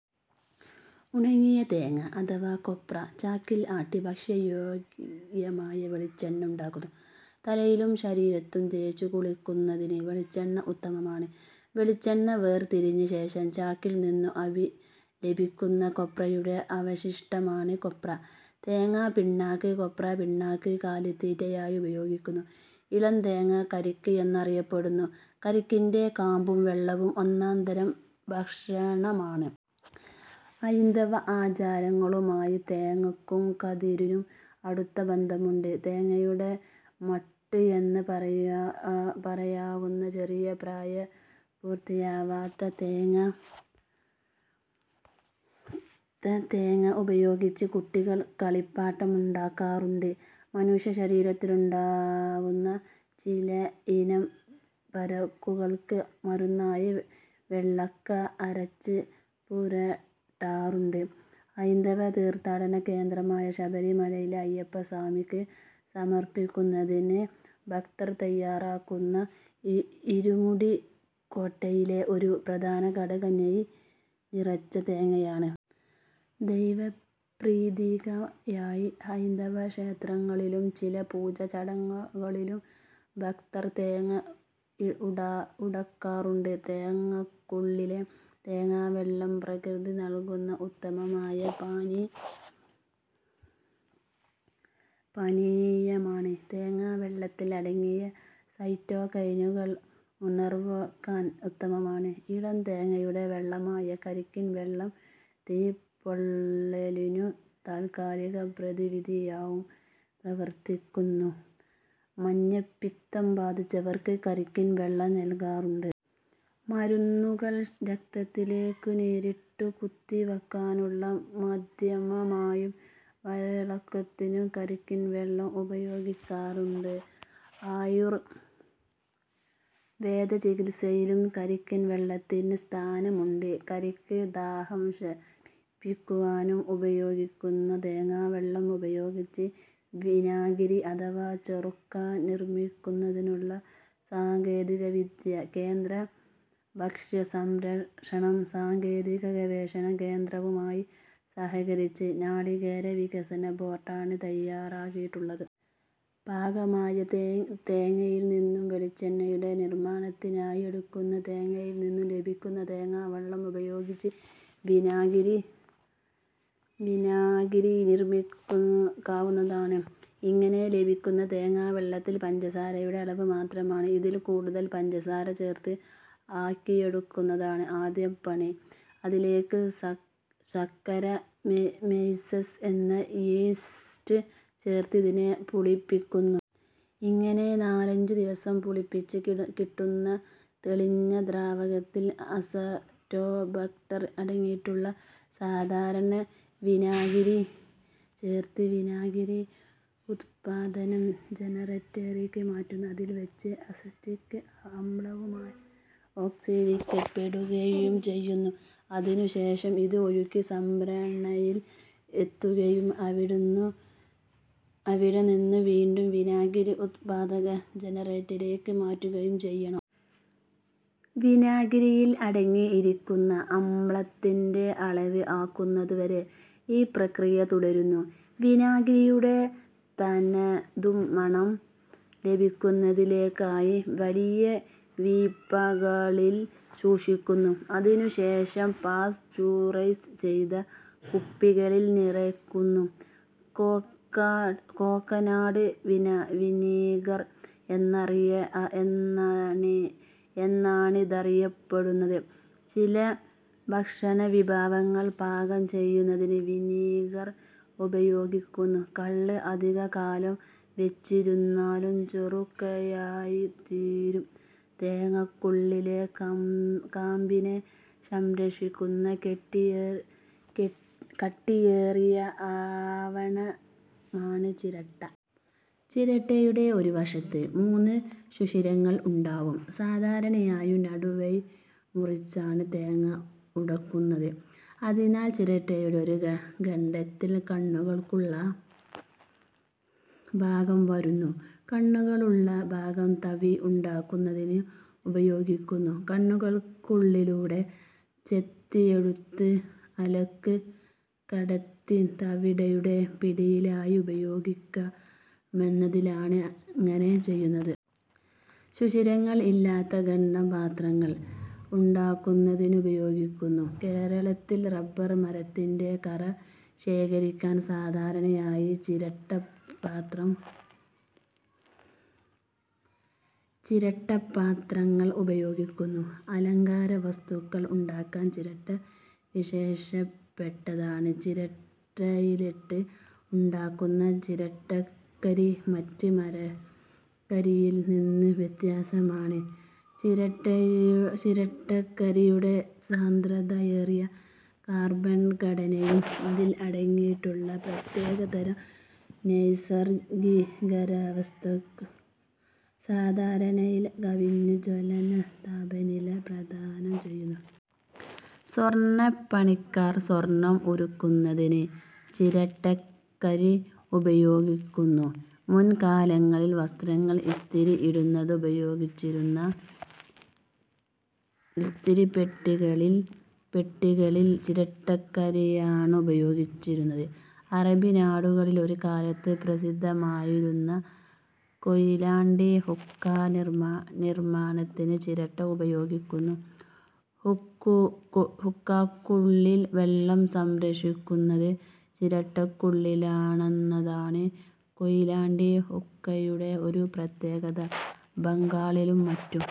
ഉണങ്ങിയ തേങ്ങ അഥവാ കൊപ്ര ചക്കിൽ ആട്ടി ഭക്ഷ്യയോഗ്യമായ വെളിച്ചെണ്ണ ഉണ്ടാക്കുന്നു. തലയിലും ശരീരത്തും തേച്ചുകുളിക്കുന്നതിന് വെളിച്ചെണ്ണ ഉത്തമമാണ്. വെളിച്ചെണ്ണ വേർതിരിഞ്ഞ ശേഷം ചക്കിൽ നിന്നും ലഭിക്കുന്ന കൊപ്രയുടെ അവശിഷ്ടമാണ് കൊപ്ര/തേങ്ങ പിണ്ണാക്ക്. കൊപ്ര പിണ്ണാക്ക് കാലിത്തീറ്റയായി ഉപയോഗിക്കുന്നു. ഇളം തേങ്ങ കരിക്ക് എന്നറിയപ്പെടുന്നു. കരിക്കിന്റെ കാമ്പും, വെള്ളവും ഒന്നാംതരം ഭക്ഷണമാണ്. ഹൈന്ദവ ആചാരങ്ങളുമായും തേങ്ങക്കും കതിരിനും അടുത്ത ബന്ധമുണ്ട്. തേങ്ങയുടെ മൊട്ട് എന്ന് പറയാവുന്ന ചെറിയ പ്രായപൂർത്തിയാവാത്ത തേങ്ങ ഉപയോഗിച്ച് കുട്ടികൾ കളിപ്പാട്ടം ഉണ്ടാക്കാറുണ്ട്. മനുഷ്യശരീരത്തിലുണ്ടാവുന്ന ചിലയിനം പരുക്കൾക്ക് മരുന്നായി വെള്ളക്ക അരച്ച് പുരട്ടാറുണ്ട്. ഹൈന്ദവ തീർഥാടന കേന്ദ്രമായ ശബരിമലയിലെ അയ്യപ്പസ്വാമിക്ക് സമർപ്പിക്കുന്നതിന് ഭക്തർ തയ്യാറാക്കുന്ന ഇരുമുടിക്കെട്ടിലെ ഒരു പ്രധാനഘടകം നെയ്യ് നിറച്ച തേങ്ങയാണ്. ദൈവ പ്രീതിക്കായി ഹൈന്ദവ ക്ഷേത്രങ്ങളിലും, ചില പൂജാ ചടങ്ങുകളിലും ഭക്തർ തേങ്ങ ഉടക്കാറുണ്ട്. തേങ്ങക്കുള്ളിലെ തേങ്ങാവെള്ളം പ്രകൃതി നൾകുന്ന ഉത്തമമായ പാനീയമാണ്. തേങ്ങാവെള്ളത്തിൽ അടങ്ങിയ സൈറ്റോകൈനുകൾ ഉണർവ്വേകാൻ ഉത്തമമാണ്. ഇളം തേങ്ങയുടെ വെള്ളമായ കരിക്കിൻവെള്ളം തീ പൊള്ളലിനു താത്കാലിക പ്രതിവിധിയായും പ്രവർത്തിക്കുന്നു. മഞ്ഞപ്പിത്തം ബാധിച്ചവർക്ക് കരിക്കിൻ വെള്ളം നൽകാറുണ്ട്. മരുന്നുകൾ രക്തത്തിലേക്കു നേരിട്ടുകുത്തിവെക്കാനുള്ള മാദ്ധ്യമമായും, വയറിളക്കത്തിനും കരിക്കിൻവെള്ളം ഉപയോഗിക്കാറുണ്ട്. ആയുർവേദ ചികിത്സയിലും കരിക്കിൻ വെള്ളത്തിന് സ്ഥാനമുണ്ട്. കരിക്ക് ദാഹം ശമിപ്പിക്കാനും ഉപയോഗിക്കുന്നു. തേങ്ങാവെള്ളം ഉപയോഗിച്ച് വിനാഗിരി അഥവാ ചൊറുക്ക നിർമ്മിക്കുന്നതിനുള്ള സാങ്കേതികവിദ്യ കേന്ദ്ര ഭക്ഷ്യസംസ്കരണ സാങ്കേതിക ഗവേഷണ കേന്ദ്രവുമായി സഹകരിച്ച് നാളികേര വികസന ബോർഡാണ് തായ്യാറാക്കിയിട്ടുള്ളത്. പാകമായ തേങ്ങയിൽ നിന്നും വെളിച്ചെണ്ണയുടെ നിർമ്മാണത്തിനായി എടുക്കുന്ന തേങ്ങയിൽ നിന്നും ലഭിക്കുന്ന തേങ്ങാവെള്ളം ഉപയോഗിച്ചും വിനാഗിരി നിർമ്മിക്കാവുന്നതാണ്. ഇങ്ങനെ ലഭിക്കുന്ന തേങ്ങാ വെള്ളത്തിൽ പഞ്ചസാരയുടെ അളവ് മാത്രമാണ്. ഇതിൽ കൂടുതൽ പഞ്ചസാര ചേർത്ത് ആക്കിയെടുക്കുന്നതാണ് ആദ്യ പണി. അതിലേയ്ക്ക് സക്കറാ മൈസസ് എന്ന യീസ്റ്റ് ചേർത്ത് ഇതിനെ പുളിപ്പിക്കുന്നു. ഇങ്ങനെ നാലഞ്ചു ദിവസം പുളിപ്പിച്ച് കിട്ടുന്ന തെളിഞ്ഞ ദ്രാവകത്തിൽ അസറ്റോബാക്ടർ അടങ്ങിയിട്ടുള്ള സാധാരണ വിനാഗിരി ചേർത്ത് വിനാഗിരി ഉത്പാദന ജനറേറ്ററിലേയ്ക്ക് മാറ്റുന്നു. അതിൽ വച്ച് അസറ്റിക് അമ്ലവുമായി ഓക്സീകരിക്കപ്പെടുകയും ചെയ്യുന്നു. അതിനുശേഷം ഇത് ഒഴുകി സംഭരണിയിൽ എത്തുകയും അവിടെനിന്നും വീണ്ടും വിനാഗിരി ഉത്പാദക ജനറേറ്ററിലേയ്ക്ക് മാറ്റുകയും ചെയ്യണം. വിനാഗിരിയിൽ അടങ്ങിയിരിക്കുന്ന അമ്ലത്തിന്റെ അളവ് ആകുന്നതുവരെ ഈ പ്രക്രിയ തുടരുന്നു. വിനാഗിരിയുടെ തനതു മണം ലഭിക്കുന്നതിലേയ്ക്കായി വലിയ വീപ്പകളിൽ സൂക്ഷിക്കുന്നു. അതിനുശേഷം പാസ്ചുറൈസ് ചെയ്ത് കുപ്പികളിൽ നിറയ്ക്കുന്നു. കോക്കനട്ട് വിനിഗർഎന്നാണിതറിയപ്പെടുന്നത്. ചില ഭക്ഷണവിഭവങ്ങൾ പാകം ചെയ്യുന്നതിന് വിനിഗർ ഉപയോഗിക്കുന്നു. കള്ള് അധികകാലം വച്ചിരുന്നാലും ചൊറുക്കയായിത്തീരും തേങ്ങക്കുള്ളിലെ കാമ്പിനെ സംരക്ഷിക്കുന്ന കട്ടിയേറിയ ആവരണമാണ് ചിരട്ട. ചിരട്ടയുടെ ഒരു വശത്ത് മൂന്ന് സുഷിരങ്ങൾ ഉണ്ടാവും. സാധാരണയായി നടുവെ മുറിച്ചാണ് തേങ്ങ ഉടക്കുന്നത്. അതിനാൽ ചിരട്ടയുടെ ഒരു ഖണ്ഡത്തിൽ കണ്ണുകൾ ഉള്ള ഭാഗം വരുന്നു. കണ്ണുകൾ ഉള്ള ഭാഗം തവി ഉണ്ടാക്കുന്നതിന് ഉപയോഗിക്കുന്നു. കണ്ണുകൾക്കുള്ളിലൂടെ ചെത്തിയെടുത്ത അലക് കടത്തി തവിയുടെ പിടിയായി ഉപയോഗിക്കാമെന്നതിലാണിങ്ങനെ ചെയ്യുന്നത്. സുഷിരങ്ങൾ ഇല്ലാത്ത ഖണ്ഡം പാത്രങ്ങൾ ഉണ്ടാക്കുന്നതിനുപയോഗിക്കുന്നു. കേരളത്തിൽ റബ്ബർ മരത്തിന്റെ കറ ശേഖരിക്കാൻ സാധാരണയായി ചിരട്ടപ്പാത്രങ്ങൾ ഉപയോഗിക്കുന്നു. അലങ്കാരവസ്തുക്കൾ ഉണ്ടാക്കാൻ ചിരട്ട വിശേഷപ്പെട്ടതാണ്. ചിരട്ട തീയിലിട്ട് ഉണ്ടാക്കുന്ന ചിരട്ടക്കരി മറ്റ് മരക്കരിയിൽ നിന്ന് വ്യത്യസ്തമാണ്. ചിരട്ടക്കരിയുടെ സാന്ദ്രതയേറിയ കാർബൺഘടനയും അതിൽ അടങ്ങിയിട്ടുള്ള പ്രത്യേകതരം നൈസർഗ്ഗികരാസവസ്തുക്കളും സാധാരണയിൽ കവിഞ്ഞ ജ്വലനതാപനില പ്രദാനം ചെയ്യുന്നു. സ്വർണ്ണപ്പണിക്കാർ സ്വർണ്ണം ഉരുക്കുന്നതിന് ചിരട്ടക്കരി ഉപയോഗിക്കുന്നു. മുൻ കാലങ്ങളിൽ വസ്ത്രങ്ങൾ ഇസ്തിരി ഇടുന്നതിനുപയോഗിച്ചിരുന്ന ഇസ്തിരിപ്പെട്ടികളിൽ ചിരട്ടക്കരിയാണുപയോഗിച്ചിരുന്നത്. അറബി നാടുകളിൽ ഒരുകാലത്ത് പ്രസിദ്ധമായിരുന്ന കൊയിലാണ്ടി ഹുക്ക നിർമ്മാണത്തിന് ചിരട്ട ഉപയോഗിക്കുന്നു. ഹുക്കക്കുള്ളിൽ വെള്ളം സംഭരിക്കുന്നത് ചിരട്ടക്കുള്ളിലാണെന്നതാണ് കൊയിലാണ്ടി ഹുക്കയുടെ ഒരു പ്രത്യേകത. ബംഗാളിലും മറ്റും